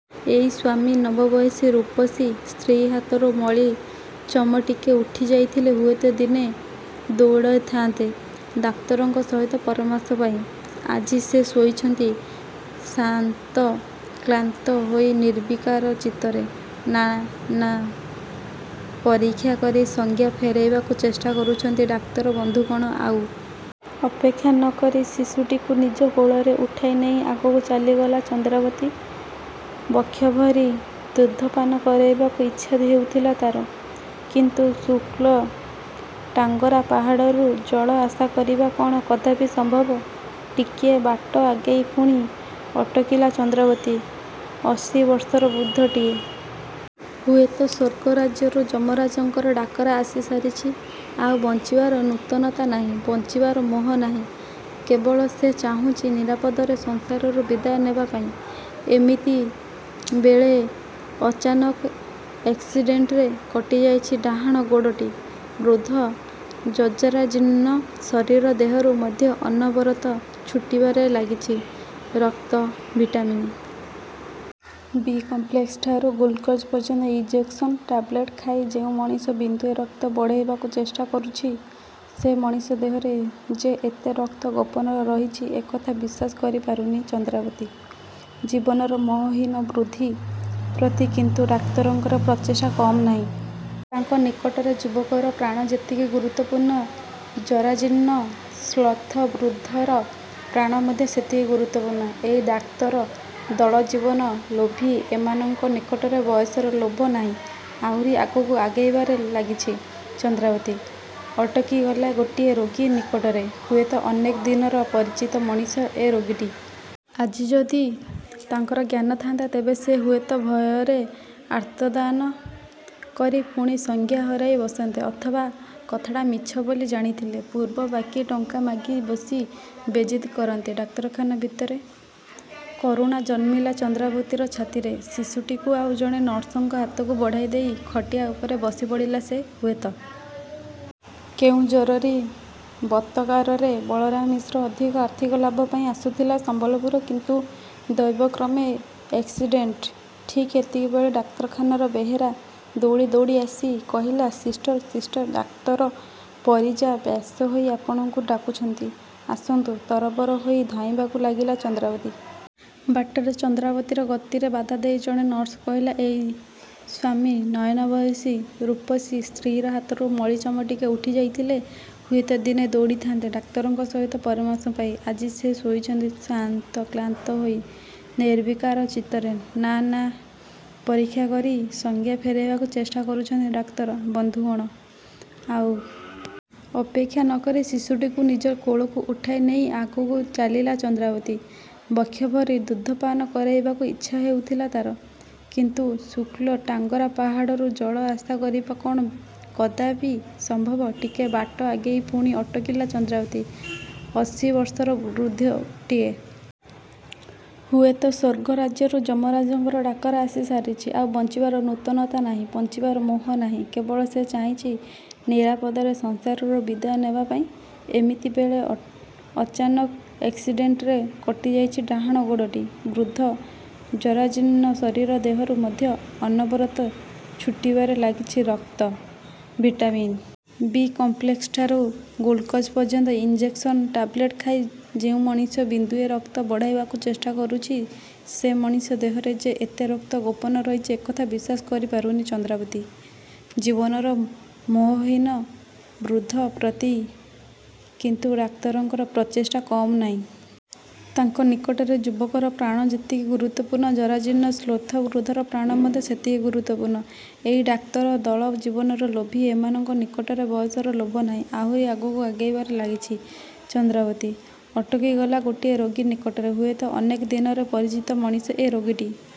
ଏଇ ସ୍ୱାମୀ ନବବୟସୀ ରୂପସୀ ସ୍ତ୍ରୀର ହାତରୁ ମଳି ଚମଟିକେ ଉଠି ଯାଇଥିଲେ, ହୁଏତ ଦିନେ ଦୌଡ଼ଥାନ୍ତେ ଡାକ୍ତରଙ୍କ ସହିତ ପରାମର୍ଶ ପାଇଁ। ଆଜି ସେ ଶୋଇଛନ୍ତି ଶାନ୍ତ, କ୍ଳାନ୍ତ ହୋଇ ନିର୍ବିକାର ଚିତ୍ତରେ। ନା ନା, ପରୀକ୍ଷା କରି ସଂଜ୍ଞା ଫେରାଇବାକୁ ଚେଷ୍ଟା କରୁଛନ୍ତି ଡାକ୍ତର ବନ୍ଧୁଗଣ। ଆଉ ଅପେକ୍ଷା ନ କରି ଶିଶୁଟିକୁ ନିଜ କୋଳରେ ଉଠାଇ ନେଇ ଆଗକୁ ଚାଲିଲା ଚନ୍ଦ୍ରାବତୀ। ବକ୍ଷଭରି ଦୁଗ୍ଧପାନ କରାଇବାକୁ ଇଚ୍ଛା ହେଉଥିଲା ତା'ର। କିନ୍ତୁ ଶୁଷ୍କ ଟାଙ୍ଗରା ପାହାଡ଼ରୁ ଜଳ ଆଶା କରିବା କ'ଣ କଦାପି ସମ୍ଭବ? ଟିକେ ବାଟ ଆଗେଇ ପୁଣି ଅଟକିଲା ଚନ୍ଦ୍ରାବତୀ। ଅଶୀ ବର୍ଷର ବୃଦ୍ଧଟିଏ। ହୁଏତ ସ୍ୱର୍ଗ ରାଜ୍ୟରୁ ଯମରାଜଙ୍କର ଡାକରା ଆସି ସାରିଛି। ଆଉ ବଞ୍ଚିବାର ନୂତନତା ନାହିଁ ବଞ୍ଚିବାର ମୋହ ନାହିଁ। କେବଳ ସେ ଚାହୁଁଛି ନିରାପଦରେ ସଂସାରରୁ ବିଦାୟ ନେବା ପାଇଁ। ଏମିତି ବେଳେ ଅଚାନକ ଏକ୍ସିଡେଣ୍ଟରେ କଟିଯାଇଛି ଡାହାଣ ଗୋଡ଼ଟି। ବୃଦ୍ଧ, ଜଜରାଜୀର୍ଣ୍ଣ ଶରୀର ଦେହରୁ ମଧ୍ୟ ଅନବରତ ଛୁଟିବାରେ ଲାଗିଛି ରକ୍ତ। ଭିଟାମିନ ବି କମ୍ପ୍ଲେକ୍ସଠାରୁ ଗ୍ଲୁକୋଜ ପର୍ଯ୍ୟନ୍ତ ଇଞ୍ଜେକ୍ସନ, ଟାବ୍ଲେଟ ଖାଇ ଯେଉଁ ମଣିଷ ବିନ୍ଦୁଏ ରକ୍ତ ବଢ଼ାଇବାକୁ ଚେଷ୍ଟା କରୁଛି, ସେ ମଣିଷ ଦେହରେ ଯେ ଏତେ ରକ୍ତ ଗୋପନ ରହିଛି ଏ କଥା ବିଶ୍ୱାସ କରିପାରୁନି ଚନ୍ଦ୍ରାବତୀ। ଜୀବନର ମୋହହୀନ ବୃଦ୍ଧି ପ୍ରତି କିନ୍ତୁ ଡାକ୍ତରଙ୍କର ପ୍ରଚେଷ୍ଟା କମ୍ ନାହିଁ। ତାଙ୍କ ନିକଟରେ ଯୁବକର ପ୍ରାଣ ଯେତିକି ଗୁରୁତ୍ୱପୂର୍ଣ୍ଣ, ଜରାଜୀର୍ଣ୍ଣ, ଶ୍ଳଥ ବୃଦ୍ଧର ପ୍ରାଣ ମଧ୍ୟ ସେତିକି ଗୁରୁତ୍ୱପୂର୍ଣ୍ଣ। ଏଇ ଡାକ୍ତର ଦଳ ଜୀବନ ଲୋଭୀ ଏମାନଙ୍କ ନିକଟରେ ବୟସର ଲୋଭ ନାହିଁ। ଆହୁରି ଆଗକୁ ଆଗେଇବାରେ ଲାଗିଛି ଚନ୍ଦ୍ରାବତୀ। ଅଟକିଗଲା ଗୋଟିଏ ରୋଗୀ ନିକଟରେ। ହୁଏତ ଅନେକ ଦିନର ପରିଚିତ ମଣିଷ ଏ ରୋଗୀଟି। ଆଜି ଯଦି ତାଙ୍କର ଜ୍ଞାନ ଥାନ୍ତା ତେବେ ସେ ହୁଏତ ଭୟରେ ଆର୍ତ୍ତଦାନ କରି ପୁଣି ସଂଜ୍ଞା ହରାଇ ବସନ୍ତେ ଅଥବା କଥାଟା ମିଛ ବୋଲି ଜାଣିଥିଲେ, ପୂର୍ବ ବାକି ଟଙ୍କା ମାଗି ବସି ବେଜିତ କରନ୍ତେ ଡାକ୍ତରଖାନା ଭିତରେ। କରୁଣା ଜନ୍ମିଲା ଚନ୍ଦ୍ରାବତୀର ଛାତିରେ। ଶିଶୁଟିକୁ ଆଉ ଜଣେ ନର୍ସଙ୍କ ହାତକୁ ବଢ଼ାଇ ଦେଇ ଖଟିଆ ଉପରେ ବସି ପଡ଼ିଲା ସେ। ହୁଏତ କେଉଁ ଜରୁରୀ ବତକାରରେ ବଳରାମ ମିଶ୍ର ଅଧିକ ଆର୍ଥିକ ଲାଭ ପାଇଁ ଆସୁଥିଲା ସମ୍ବଲପୁର। କିନ୍ତୁ ଦୈବକ୍ରମେ ଏକ୍ସିଡେଣ୍ଟ। ଠିକ୍ ଏତିକିବେଳେ ଡାକ୍ତରଖାନାର ବେହେରା ଦୌଡ଼ି ଦୌଡ଼ି ଆସି କହିଲା“ସିଷ୍ଟର, ସିଷ୍ଟର! ଡାକ୍ତର ପରିଜା ବ୍ୟସ୍ତ ହୋଇ ଆପଣଙ୍କୁ ଡାକୁଛନ୍ତି। ଆସନ୍ତୁ।”ତରବର ହୋଇ ଧାଇଁବାକୁ ଲାଗିଲା ଚନ୍ଦ୍ରାବତୀ। ବାଟରେ ଚନ୍ଦ୍ରାବତୀର ଗତିରେ ବାଧା ଦେଇ ଜଣେ ନର୍ସ କହିଲାଏଇ ସ୍ୱାମୀ ନୟନ ବୟସୀ ରୂପସୀ ସ୍ତ୍ରୀର ହାତରୁ ମଳି ଚମଟିକେ ଉଠି ଯାଇଥିଲେ, ହୁଏତ ଦିନେ ଦୌଡ଼ିଥାନ୍ତେ ଡାକ୍ତରଙ୍କ ସହିତ ପରାମର୍ଶ ପାଇଁ। ଆଜି ସେ ଶୋଇଛନ୍ତି ଶ୍ରାନ୍ତ, କ୍ଳାନ୍ତ ହୋଇ ନିର୍ବିକାର ଚିତ୍ତରେ। ନା ନା, ପରୀକ୍ଷା କରି ସଂଜ୍ଞା ଫେରାଇବାକୁ ଚେଷ୍ଟା କରୁଛନ୍ତି ଡାକ୍ତର ବନ୍ଧୁଗଣ। ଆଉ ଅପେକ୍ଷା ନ କରି ଶିଶୁଟିକୁ ନିଜ କୋଳକୁ ଉଠାଇ ନେଇ ଆଗକୁ ଚାଲିଲା ଚନ୍ଦ୍ରାବତୀ। ବକ୍ଷଭରି ଦୁଗ୍ଧପାନ କରାଇବାକୁ ଇଚ୍ଛା ହେଉଥିଲା ତା'ର। କିନ୍ତୁ ଶୁକ୍ଳ ଟାଙ୍ଗରା ପାହାଡ଼ରୁ ଜଳ ଆଶା କରିବା କ'ଣ କଦାପି ସମ୍ଭବ? ଟିକେ ବାଟ ଆଗେଇ ପୁଣି ଅଟକିଲା ଚନ୍ଦ୍ରାବତୀ। ଅଶୀ ବର୍ଷର ବୃଦ୍ଧଟିଏ। ହୁଏତ ସ୍ୱର୍ଗ ରାଜ୍ୟରୁ ଯମରାଜଙ୍କର ଡାକରା ଆସି ସାରିଛି। ଆଉ ବଞ୍ଚିବାର ନୂତନତା ନାହିଁ ବଞ୍ଚିବାରେ ମୋହ ନାହିଁ। କେବଳ ସେ ଚାହିଁଛି ନିରାପଦରେ ସଂସାରରୁ ବିଦାୟ ନେବା ପାଇଁ। ଏମିତି ବେଳେ ଅଅଚାନକ ଏକ୍ସିଡେଣ୍ଟରେ କଟିଯାଇଛି ଡାହାଣ ଗୋଡ଼ଟି। ବୃଦ୍ଧ, ଜରାଜୀର୍ଣ୍ଣ ଶରୀର ଦେହରୁ ମଧ୍ୟ ଅନବରତ ଛୁଟିବାରେ ଲାଗିଛି ରକ୍ତ। ଭିଟାମିନ ବି କମ୍ପ୍ଲେକ୍ସଠାରୁ ଗ୍ଲୁକୋଜ ପର୍ଯ୍ୟନ୍ତ ଇଞ୍ଜେକ୍ସନ, ଟାବ୍ଲେଟ ଖାଇ ଯେଉଁ ମଣିଷ ବିନ୍ଦୁଏ ରକ୍ତ ବଢ଼ାଇବାକୁ ଚେଷ୍ଟା କରୁଛି, ସେ ମଣିଷ ଦେହରେ ଯେ ଏତେ ରକ୍ତ ଗୋପନ ରହିଛି ଏ କଥା ବିଶ୍ୱାସ କରିପାରୁନି ଚନ୍ଦ୍ରାବତୀ। ଜୀବନର ମୋହହୀନ ବୃଦ୍ଧ ପ୍ରତି କିନ୍ତୁ ଡାକ୍ତରଙ୍କର ପ୍ରଚେଷ୍ଟା କମ୍ ନାହିଁ। ତାଙ୍କ ନିକଟରେ ଯୁବକର ପ୍ରାଣ ଯେତିକି ଗୁରୁତ୍ୱପୂର୍ଣ୍ଣ, ଜରାଜୀର୍ଣ୍ଣ, ଶ୍ଳଥ ବୃଦ୍ଧର ପ୍ରାଣ ମଧ୍ୟ ସେତିକି ଗୁରୁତ୍ୱପୂର୍ଣ୍ଣ। ଏଇ ଡାକ୍ତର ଦଳ ଜୀବନ ଲୋଭୀ ଏମାନଙ୍କ ନିକଟରେ ବୟସର ଲୋଭ ନାହିଁ। ଆହୁରି ଆଗକୁ ଆଗେଇବାରେ ଲାଗିଛି ଚନ୍ଦ୍ରାବତୀ। ଅଟକିଗଲା ଗୋଟିଏ ରୋଗୀ ନିକଟରେ। ହୁଏତ ଅନେକ ଦିନର ପରିଚିତ ମଣିଷ ଏ ରୋଗୀଟି।